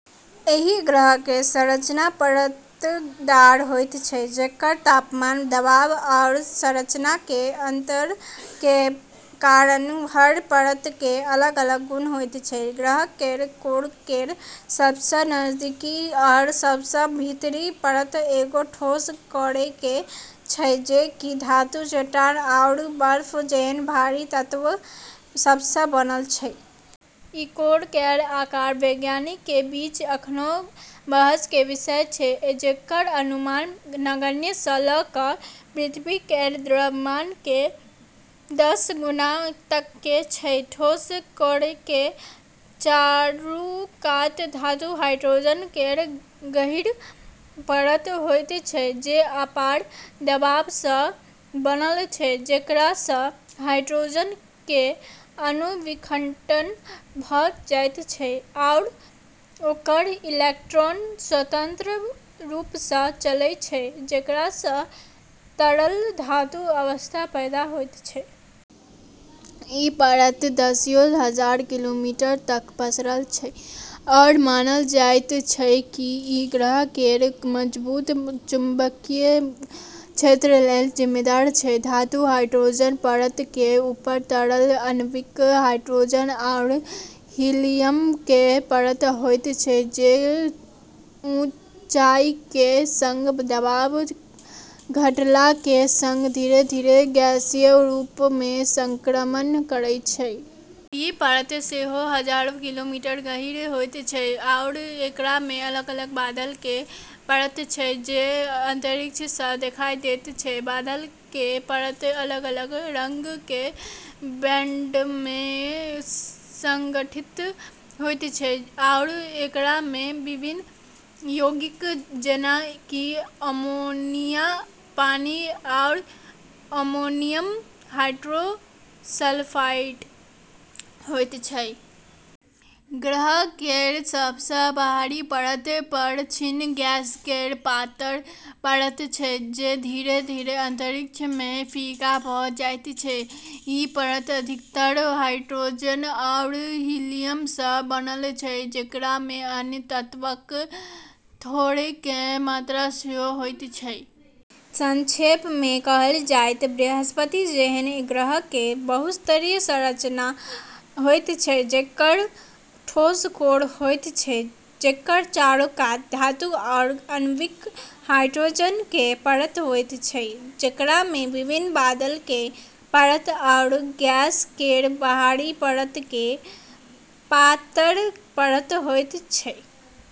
एहि ग्रहके संरचना परतदार होइत छै, जेकर तापमान, दबाव आओर संरचनाके अंतरके कारण हर परतके अलग-अलग गुण होइत छै। ग्रह केर कोर केर सबसँ नजदीकी आओर सबसँ भीतरी परत एगो ठोस कोरके छै जे कि धातु, चट्टान, आओर बर्फ जेहन भारी तत्व सबसँ बनल छै। ई कोर केर आकार वैज्ञानिकके बीच अखनऊ बहसके विषय छै, जेकर अनुमान नगण्य स' ल' क' पृथ्वी केर द्रव्यमानके दश गुना तकके छै। ठोस कोरके चारू कात धातु हाइड्रोजन केर गहीँर परत होइत छै, जे अपार दबावसँ बनल छै जेकरासँ हाइड्रोजनके अणु विघटन भ' जाइत छै आओर ओकर इलेक्ट्रॉन स्वतंत्र रूपसँ चलै छै, जेकरासँ तरल धातु अवस्था पैदा होइत छै। ई परत दसियों हजार किलोमीटर तक पसरल छै आओर मानल जाइत छै कि ई ग्रह केर मजबूत चुंबकीय क्षेत्र लेल जिम्मेदार छै। धातु हाइड्रोजन परतके ऊपर तरल आणविक हाइड्रोजन आओर हीलियमके परत होइत छै, जे ऊंचाइके सङ्ग दबाव घटलाके सङ्ग धीरे-धीरे गैसीय रूपमे संक्रमण करै छै। ई परत सेहो हजारों किलोमीटर गहीँर होइत छै आओर एकरामे अलग-अलग बादलके परत छै जे अंतरिक्षसँ देखाइ दैत छै। बादलके परत अलग-अलग रङ्गके बैंडमे संगठित होइत छै आओर एकरामे विभिन्न यौगिक जेना कि अमोनिया, पानी, आओर अमोनियम हाइड्रोसल्फाइड होइत छै। ग्रह केर सबसँ बाहरी परत पर क्षीण गैस केर पातर परत छै जे धीरे-धीरे अंतरिक्षमे फीका भ' जाइत छै। ई परत अधिकतर हाइड्रोजन आओर हीलियमसँ बनल छै, जेकरामे अन्य तत्वक थोड़ेक मात्रा सेहो होइत छै। संक्षेपमे कहल जाइ त' बृहस्पति जेहन ग्रहके बहुस्तरीय संरचना होइत छै जेकर ठोस कोर होइत छै, जेकर चारो कात धातु आओर आणविक हाइड्रोजनके परत होइत छै, जेकरामे विभिन्न बादलके परत आओर गैस केर बाहरी परतके पातर परत होइत छै।